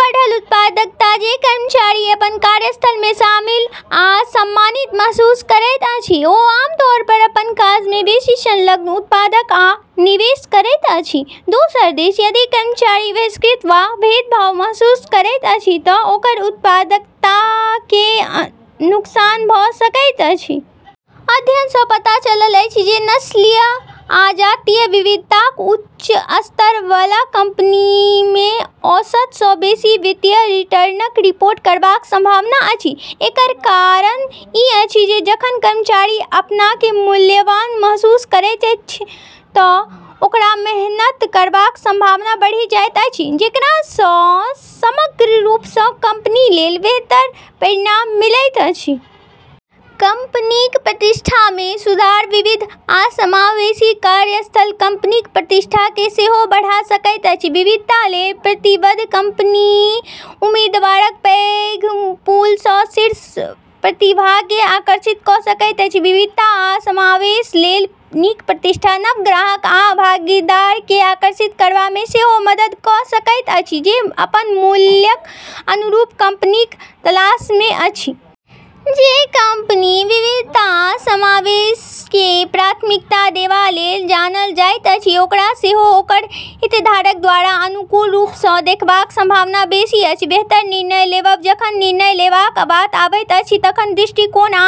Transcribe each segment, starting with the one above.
बढ़ल उत्पादकता जे कर्मचारी अपन कार्यस्थलमे शामिल आ सम्मानित महसूस करैत अछि, ओ आमतौर पर अपन काजमे बेसि संलग्न, उत्पादक आ निवेश करैत अछि। दोसर दिस यदि कर्मचारी बहिष्कृत वा भेदभाव महसूस करैत अछि तँ ओकर उत्पादकताकेँ नुकसान भ’ सकैत अछि। अध्ययन सँ पता चलल अछि जे नस्लीय आ जातीय विविधताक उच्च स्तर बला कंपनीमे औसत सँ अधिक वित्तीय रिटर्नक रिपोर्ट करबाक संभावना अधिक अछि। एकर कारण ई अछि जे जखन कर्मचारी अपनाकेँ मूल्यवान महसूस करैत अछि तँ ओकरा मेहनत करबाक संभावना बढ़ि जाइत अछि, जेकरा सँ समग्र रूप सँ कंपनी लेल बेहतर परिणाम मिलैत अछि। कंपनीक प्रतिष्ठामे सुधार विविध आ समावेशी कार्यस्थल कंपनीक प्रतिष्ठाकेँ सेहो बढ़ा सकैत अछि। विविधता लेल प्रतिबद्ध कंपनी उम्मीदवारक पैघ पूल सँ शीर्ष प्रतिभाकेँ आकर्षित क’ सकैत अछि। विविधता आ समावेश लेल नीक प्रतिष्ठा नव ग्राहक आ भागीदारकेँ आकर्षित करबामे सेहो मदद क’ सकैत अछि जे अपन मूल्यक अनुरूप कंपनीक तलाशमे अछि। जे कंपनी विविधता आ समावेशकेँ प्राथमिकता देबा लेल जानल जाइत अछि, ओकरा सेहो ओकर हितधारक द्वारा अनुकूल रूप सँ देखबाक संभावना बेसि अछि। बेहतर निर्णय लेबब जखन निर्णय लेबाक बात आवैत अछि तखन दृष्टिकोण आ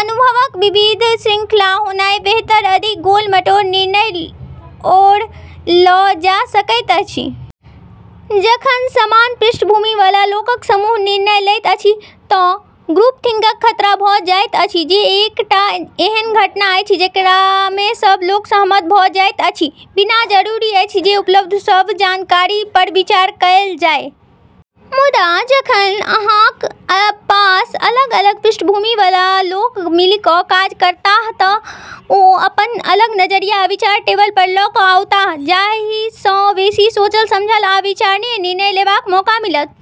अनुभवक विविध श्रृंखलाक होनाइ बेहतर, अधिक गोल-मटोल निर्णयक ओर ल’ जा सकैत अछि। जखन समान पृष्ठभूमि बला लोकक समूह निर्णय लैत अछि तँ ग्रुपथिंकक खतरा भ’ जाइत अछि, जे एकटा एहन घटना अछि, जेकरामे सभ लोक सहमत भ’ जाइत अछि, बिना जरूरी अछि जे उपलब्ध सभ जानकारी पर विचार कएल जाय। मुदा जखन अहाँक पास अलग-अलग पृष्ठभूमि बला लोक मिलि क’ काज करताह तँ ओ अपन अलग नजरिया आ विचार टेबल पर ल’ क’ आओताह, जाहि सँ बेसि सोचल-समझल आ विचारणीय निर्णय लेबाक मौका मिलत।